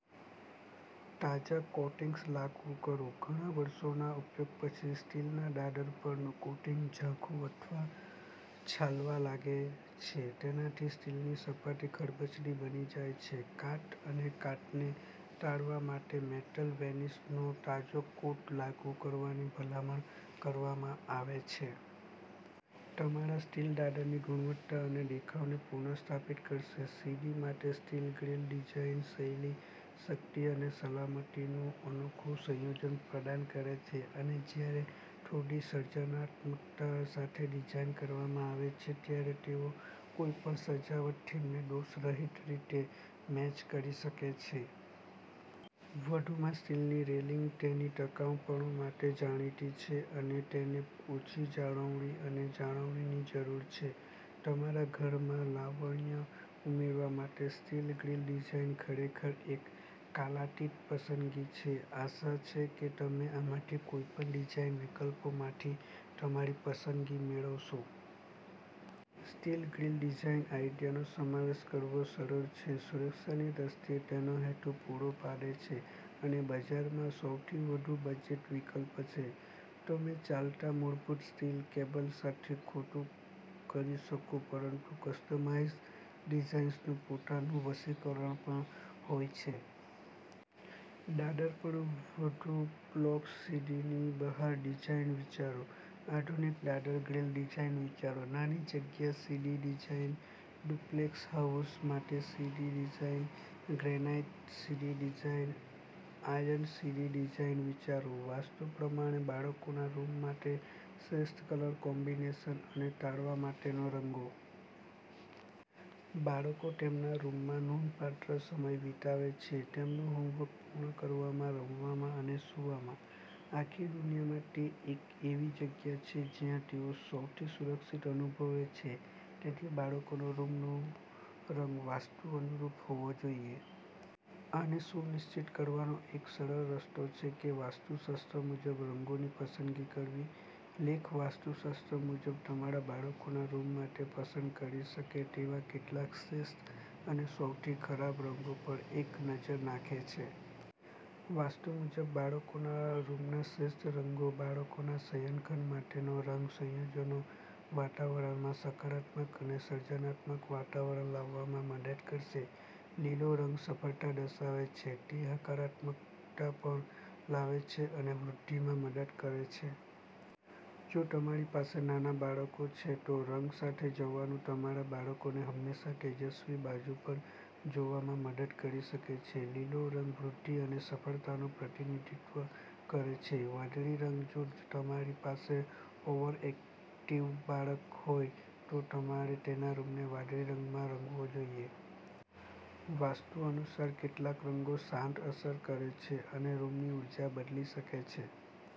તાજા કોટિંગ્સ લાગુ કરો. ઘણા વર્ષોના ઉપયોગ પછી સ્ટીલના દાદર પરનું કોટિંગ ઝાંખું અથવા છાલવા લાગે છે. તેનાથી સ્ટીલની સપાટી ખરબચડી બની જાય છે. કાટ અને કાટને ટાળવા માટે, મેટલ વેનિશનો તાજો કોટ લાગુ કરવાની ભલામણ કરવામાં આવે છે. તમારા સ્ટીલ દાદરની ગુણવત્તા અને દેખાવને પુનઃસ્થાપિત કરશે. સીડી માટે સ્ટીલ ગ્રીલ ડિઝાઇન શૈલી, શક્તિ અને સલામતીનું અનોખું સંયોજન પ્રદાન કરે છે. અને જ્યારે થોડી સર્જનાત્મકતા સાથે ડિઝાઇન કરવામાં આવે છે, ત્યારે તેઓ કોઈપણ સજાવટ થીમને દોષરહિત રીતે મેચ કરી શકે છે. વધુમાં, સ્ટીલની રેલિંગ તેની ટકાઉપણું માટે જાણીતી છે અને તેને ઓછી જાળવણી અને જાળવણીની જરૂર છે. તમારા ઘરમાં લાવણ્ય ઉમેરવા માટે સ્ટીલ ગ્રીલ ડિઝાઇન ખરેખર એક કાલાતીત પસંદગી છે. આશા છે કે તમે આમાંથી કોઈપણ ડિઝાઇન વિકલ્પોમાંથી તમારી પસંદગી મેળવશો. સ્ટીલ ગ્રીલ ડિઝાઇન આઇડિયાનો સમાવેશ કરવો સરળ છે. સુરક્ષાની દ્રષ્ટિએ તેનો હેતુ પૂરો પાડે છે અને બજારમાં સૌથી વધુ બજેટ વિકલ્પ છે. તમે ચાલતા મૂળભૂત સ્ટીલ કેબલ સાથે ખોટું કરી શકો પરંતુ કસ્ટમાઇઝ્ડ ડિઝાઇન્સનું પોતાનું વશીકરણ પણ હોય છે. દાદર પર વધુ બ્લોગ્સ સીડીની બહાર ડિઝાઇન વિચારો. આધુનિક દાદર ગ્રીલ ડિઝાઇન વિચારો. નાની જગ્યા સીડી ડિઝાઇન, ડુપ્લેક્સ હાઉસ માટે સીડી ડિઝાઇન, ગ્રેનાઈટ સીડી ડિઝાઇન, આયર્ન સીડી ડિઝાઇન વિચારો. વાસ્તુ પ્રમાણે બાળકોના રૂમ માટે શ્રેષ્ઠ કલર કોમ્બિનેશન અને ટાળવા માટેના રંગો. બાળકો તેમના રૂમમાં નોંધપાત્ર સમય વિતાવે છે. તેમનું હોમવર્ક પૂર્ણ કરવામાં, રમવામાં અને સૂવામાં. આખી દુનિયામાં તે એક એવી જગ્યા છે જ્યાં તેઓ સૌથી સુરક્ષિત અનુભવે છે. તેથી, બાળકોના રૂમનો રંગ વાસ્તુ અનુરૂપ હોવો જોઈએ. આને સુનિશ્ચિત કરવાનો એક સરળ રસ્તો છે કે વાસ્તુશાસ્ત્ર મુજબ રંગોની પસંદગી કરવી. લેખ વાસ્તુશાસ્ત્ર મુજબ તમારા બાળકોના રૂમ માટે પસંદ કરી શકે તેવા કેટલાક શ્રેષ્ઠ અને સૌથી ખરાબ રંગો પર એક નજર નાખે છે. વાસ્તુ મુજબ બાળકોના રૂમના શ્રેષ્ઠ રંગો, બાળકોના શયનખંડ માટેના રંગ સંયોજનો વાતાવરણમાં સકારાત્મક અને સર્જનાત્મક વાતાવરણ લાવવામાં મદદ કરશે. લીલો રંગ સફળતા દર્શાવે છે. તે હકારાત્મકતા પણ લાવે છે અને વૃદ્ધિમાં મદદ કરે છે. જો તમારી પાસે નાના બાળકો છે, તો રંગ સાથે જવાનું તમારા બાળકોને હંમેશા તેજસ્વી બાજુ પર જોવામાં મદદ કરી શકે છે. લીલો રંગ વૃદ્ધિ અને સફળતાનું પ્રતિનિધિત્વ કરે છે. વાદળી રંગ જો તમારી પાસે ઓવરએક્ટિવ બાળક હોય, તો તમારે તેના રૂમને વાદળી રંગમાં રંગવો જોઈએ. વાસ્તુ અનુસાર કેટલાક રંગો શાંત અસર કરે છે અને રૂમની ઊર્જા બદલી શકે છે.